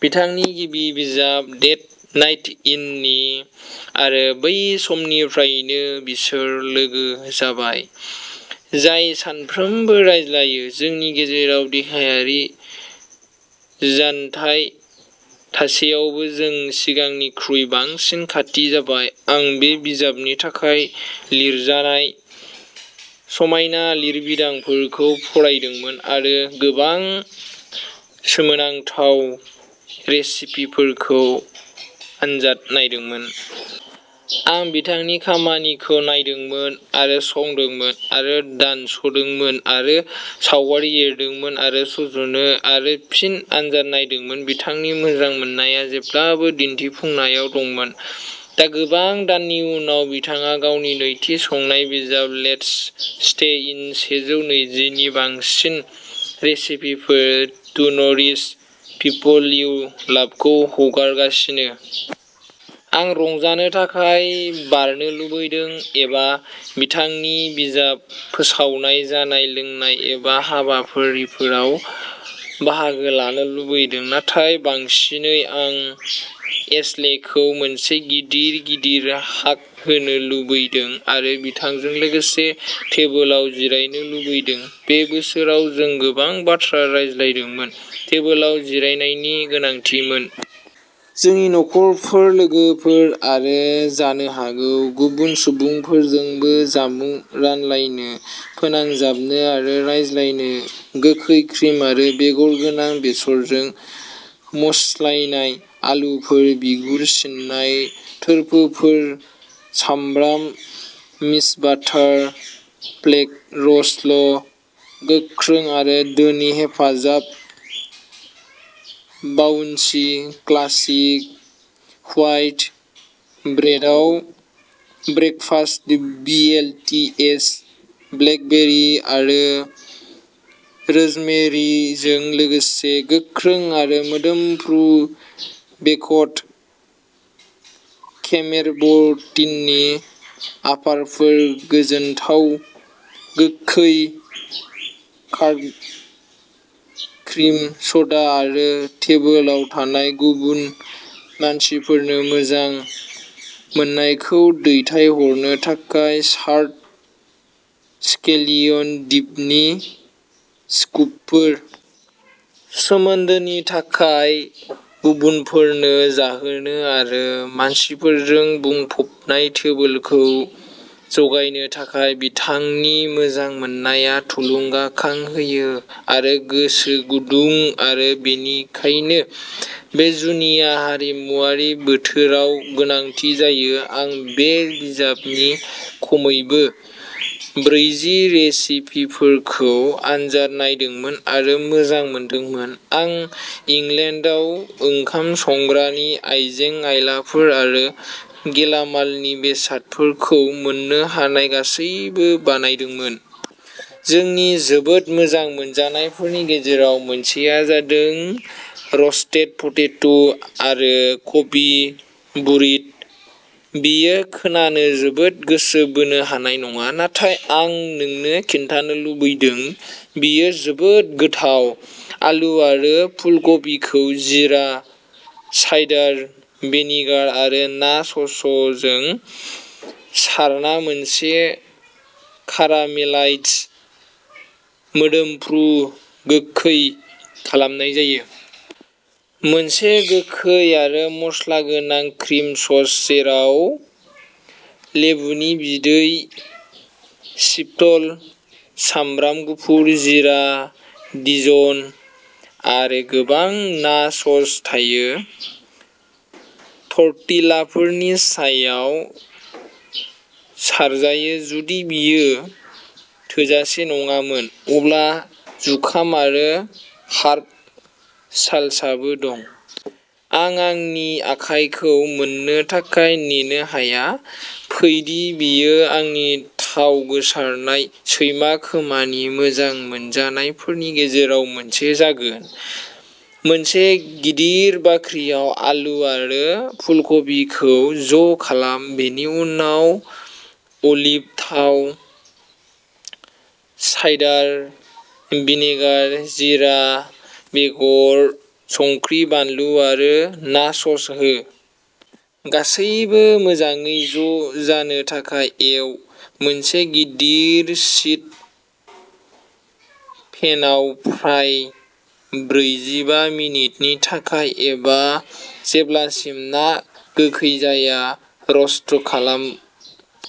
बिथांनि गिबि बिजाब डेट नाइट इननि, आरो बै समनिफ्रायनो बिसोर लोगो जाबाय, जाय सानफ्रोमबो रायज्लायो। जोंनि गेजेराव देहायारि जानथाय थासेयावबो, जों सिगांनिख्रुइ बांसिन खाथि जाबाय। आं बे बिजाबनि थाखाय लिरजानाय समायना लिरबिदांफोरखौ फरायदोंमोन, आरो गोबां सोमोनांथाव रेसिपिफोरखौ आनजाद नायदोंमोन। आं बिथांनि खामानिखौ नायदोंमोन आरो संदोंमोन आरो दानस' दोंमोन आरो सावगारि एरदोंमोन आरो सुजुनो आरो फिन आनजाद नायदोंमोन, बिथांनि मोजां मोननाया जेब्लाबो दिन्थिफुंनायाव दंमोन। दा, गोबां दाननि उनाव, बिथाङा गावनि नैथि संनाय बिजाब, लेट्स स्टे इन सेजौ नैजिनि बांसिन रेसिपिफोर टु न'रिश पिपल इउ लाभखौ हगारगासिनो! आं रंजानो थाखाय बारनो लुबैदों, एबा बिथांनि बिजाब फोसावनाय जानाय लोंनाय एबा हाबाफारिफोराव बाहागो लानो लुबैदों, नाथाय बांसिनै आं एशलेखौ मोनसे गिदिर, गिदिर हाग होनो लुबैदों आरो बिथांजों लोगोसे टेबोलाव जिरायनो लुबैदों। बे बोसोराव जों गोबां बाथ्रा रायज्लायदोंमोन, टेबोलाव जिरायनायनि गोनांथिमोन। जोंनि नखरफोर, लोगोफोर आरो जानो हागौ गुबुन सुबुंफोरजोंबो। जामुं रानलायनो, फोनांजाबनो आरो रायज्लायनो, गोखै क्रिम आरो बेगर गोनां बेसरजों मस्लायनाय आलुफोर, बिगुर सिननाय थोरफोफोर सामब्राम मिस'बाटार फ्लेक र'ल्स, गोख्रों आरो धोनि हेफाजाब बाउन्सि क्लासिक व्हाइट ब्रेडआव breakfast B L T S, blackberry आरो रोजमेरीजों लोगोसे गोख्रों आरो मोदोमफ्रु बेकड केमेम्बर्टनि अफारफोर, गोजोनथाव गोखै कार्डामम क्रिम स'डा, आरो टेबोलाव थानाय गुबुन मानसिफोरनो मोजां मोननायखौ दैथायहरनो थाखाय चार्ड स्केलियन डिपनि स्कुपफोर। सोमोन्दोनि थाखाय, गुबुनफोरनो जाहोनो, आरो मानसिफोरजों बुंफबनाय टेबोलखौ जगायनो थाखाय बिथांनि मोजां मोननाया थुलुंगाखां होयो आरो गोसो गुदुं आरो बेनिखायनो बे जुनिया हारिमुआरि बोथोराव गोनांथि जायो। आं बे बिजाबनि खमैबो ब्रैजि रेसिपिफोरखौ आनजाद नायदोंमोन आरो मोजां मोनदोंमोन, आं इंलेन्डआव ओंखाम संग्रानि आइजें आइलाफोर आरो गेलामालनि बेसादफोरखौ मोननो हानाय गासैबो बानायदोंमोन। जोंनि जोबोद मोजां मोनजानायफोरनि गेजेराव मोनसेआ जादों रस्टेड पटेटो आरो कबि बुरिट'। बेयो खोनानो जोबोद गोसो बोनो हानाय नङा, नाथाय आं नोंनो खिन्थानो लुबैदों, बेयो जोबोद गोथाव! आलु आरो फुलकबिखौ जीरा, साइडार भिनेगार आरो ना ससजों सारना मोनसे कारामेलाइज्ड, मोदोमफ्रु गोखै खालामनाय जायो। मोनसे गोखै आरो मस्ला गोनां क्रिम सस जेराव लेबुनि बिदै, चिपटल, सामब्राम गुफुर, जीरा, डिजन आरो गोबां ना सस थायो, टर्टिलाफोरनि सायाव सारजायो। जुदि बेयो थोजासे नङामोन, अब्ला जुखाम आरो हार्ब सालसाबो दं! आं आंनि आखायखौ मोन्नो थाखाय नेनो हाया, फै दि बेयो आंनि थाव गोसारनाय, सैमा खोमानि मोजां मोनजानायफोरनि गेजेराव मोनसे जागोन। मोनसे गिदिर बाख्रियाव आलु आरो फुलकबिखौ ज' खालाम। बेनि उनाव अलिभ थाव, साइडार भिनेगार, जीरा बेगर, संख्रि, बानलु आरो ना सस हो। गासैबो मोजाङै ज' जानो थाखाय एव। मोनसे गिदिर शीट पेनआव फ्राय ब्रैजिबा मिनिटनि थाखाय एबा जेब्लासिम ना गोखै जाया र'स्ट खालाम।